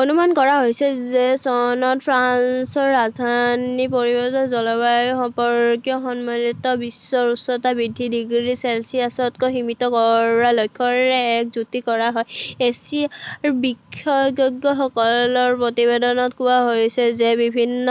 অনুমান কৰা হৈছে যে চনত ফ্ৰান্সৰ ৰাজধানী পেৰিছত জলবায়ু সম্পৰ্কীয় সন্মিলনত বিশ্বৰ উষ্ণতা বৃদ্ধি ডিগ্ৰী চেলছিয়াছলৈ সীমিত কৰাৰ লক্ষ্যৰে এক চুক্তি কৰা হ 'ব। এছিয়াৰ বিশেষজ্ঞসকলৰ প্ৰতিবেদনত কোৱা হৈছে যে বিভিন্ন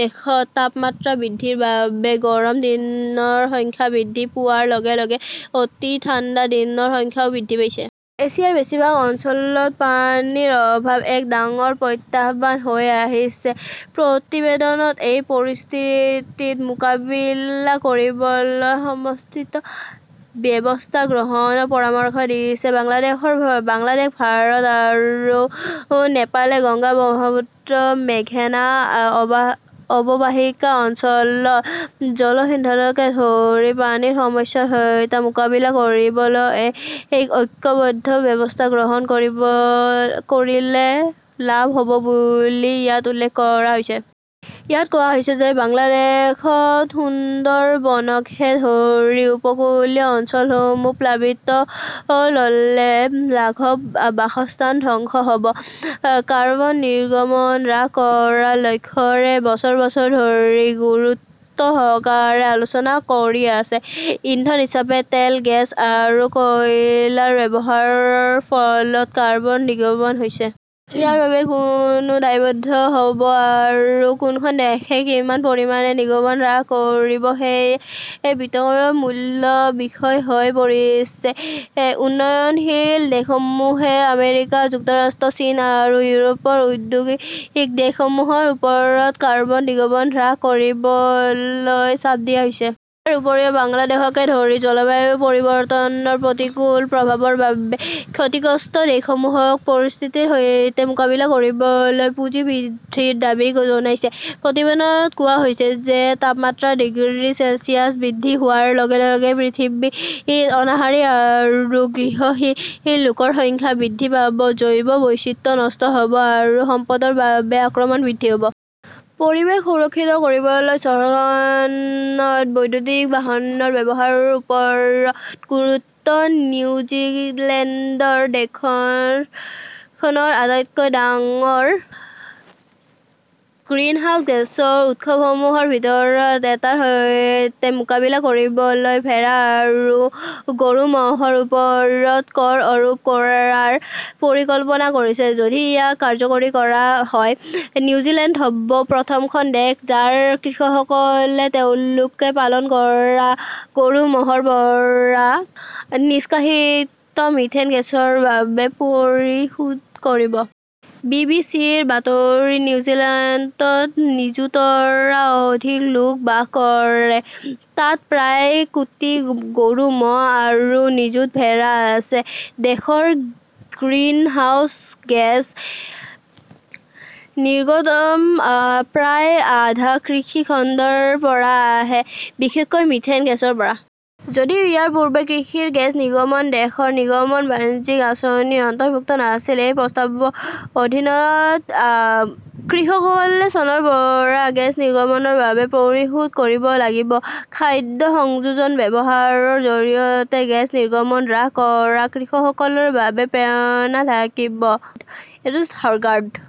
দেশত তাপমাত্ৰা বৃদ্ধিৰ বাবে গৰম দিনৰ সংখ্যা বৃদ্ধি পোৱাৰ লগে লগে অতি ঠাণ্ডা দিনৰ সংখ্যাও বৃদ্ধি পাইছে। এছিয়াৰ বেছিভাগ অঞ্চলত পানীৰ অভাৱ এক ডাঙৰ প্ৰত্যাহ্বান হৈ আহিছে। প্ৰতিবেদনত এই পৰিস্থিতিৰ মোকাবিলা কৰিবলৈ সমন্বিত ব্যৱস্থা গ্ৰহণৰ পৰামৰ্শ দিয়া হৈছে। বাংলাদেশ, ভাৰত আৰু নেপালে গংগা-ব্ৰহ্মপুত্ৰ-মেঘনা অৱবাহিকা অঞ্চলত জলসিঞ্চনকে ধৰি পানীৰ সমস্যাৰ সৈতে মোকাবিলা কৰিবলৈ এক ঐক্যবদ্ধ ব্যৱস্থা গ্ৰহণ কৰিলে লাভ হ "ব বুলি ইয়াত উল্লেখ কৰা হৈছে। ইয়াত কোৱা হৈছে যে বাংলাদেশত সুন্দৰবনকে ধৰি উপকূলীয় অঞ্চলসমূহ প্লাবিত হ "লে বাঘৰ বাসস্থান ধ্বংস হ" ব। কাৰ্বন নিৰ্গমন হ্ৰাস কৰাৰ লক্ষ্যৰে বছৰ বছৰ ধৰি গুৰুত্বসহকাৰে আলোচনা চলি আছে। ইন্ধন হিচাপে তেল, গেছ আৰু কয়লাৰ ব্যৱহাৰৰ ফলত কাৰ্বন নিৰ্গমন হৈছে। ইয়াৰ বাবে কোনে দায়বদ্ধ হ "ব আৰু কোনখন দেশে কিমান পৰিমাণে নিৰ্গমন হ্ৰাস কৰিব সেয়া বিতৰ্কৰ মূল বিষয় হৈ পৰিছে। উন্নয়নশীল দেশসমূহে আমেৰিকা যুক্তৰাষ্ট্ৰ, চীন আৰু ইউৰোপৰ ঔদ্যোগিক দেশসমূহৰ ওপৰত কাৰ্বন নিৰ্গমন হ্ৰাস কৰিবলৈ চাপ দি আছে। ইয়াৰ উপৰিও বাংলাদেশকে ধৰি জলবায়ু পৰিৱৰ্তনৰ প্ৰতিকূল প্ৰভাৱৰ বাবে ক্ষতিগ্ৰস্ত দেশসমূহে পৰিস্থিতিৰ সৈতে মোকাবিলা কৰিবলৈ পুঁজি বৃদ্ধিৰ দাবী জনাইছে। প্ৰতিবেদনত কোৱা হৈছে যে তাপমাত্ৰা ডিগ্ৰী চেলছিয়াছ বৃদ্ধি হোৱাৰ লগে লগে পৃথিৱীত অনাহাৰী আৰু গৃহহীন লোকৰ সংখ্যা বৃদ্ধি পাব; জৈৱ বৈচিত্ৰ্য নষ্ট হ "ব আৰু সম্পদৰ বাবে আক্ৰমণ বৃদ্ধি হ" ব। পৰিৱেশ সুৰক্ষিত কৰিবলৈ চহৰখনত বৈদ্যুতিক বাহনৰ ব্যৱহাৰৰ ওপৰত গুৰুত্ব নিউজিলেণ্ডে দেশখনৰ আটাইতকৈ ডাঙৰ গ্ৰিনহাউজ গেছৰ উৎসসমূহৰ ভিতৰত এটাৰ সৈতে মোকাবিলা কৰিবলৈ ভেড়া আৰু গৰু-ম "হৰ ওপৰত কৰ আৰোপ কৰাৰ পৰিকল্পনা কৰিছে। যদি ইয়াক কাৰ্যকৰী কৰা হয়, নিউজিলেণ্ড হ 'ব প্ৰথমখন দেশ যাৰ কৃষকসকলে তেওঁলোকে পালন কৰা গৰু-ম "হৰ পৰা নিষ্কাশিত মিথেন গেছৰ বাবে পৰিশোধ কৰিব। বি. বি. চি. -ৰ বাতৰি। নিউজিলেণ্ডত নিযুতৰো অধিক লোক বাস কৰে। তাত প্ৰায় কোটি গৰু-ম "হ আৰু নিযুত ভেড়া আছে। দেশৰ গ্ৰিনহাউজ গেছ নিৰ্গমনৰ প্ৰায় আধা কৃষি খণ্ডৰ পৰা আহে, বিশেষকৈ মিথেন গেছৰ পৰা। যদিও ইয়াৰ পূৰ্বে কৃষিৰ গেছ নিৰ্গমন দেশৰ নিৰ্গমন বাণিজ্য আঁচনিৰ অন্তৰ্গত নাছিল। এই প্ৰস্তাৱৰ অধীনত কৃষকসকলে চনৰ পৰা গেছ নিৰ্গমনৰ বাবে পৰিশোধ কৰিব লাগিব। খাদ্য সংযোজন ব্যৱহাৰৰ জৰিয়তে গেছ নিৰ্গমন হ্ৰাস কৰা কৃষকসকলৰ বাবে প্ৰেৰণা থাকিব। Andrew Hoggard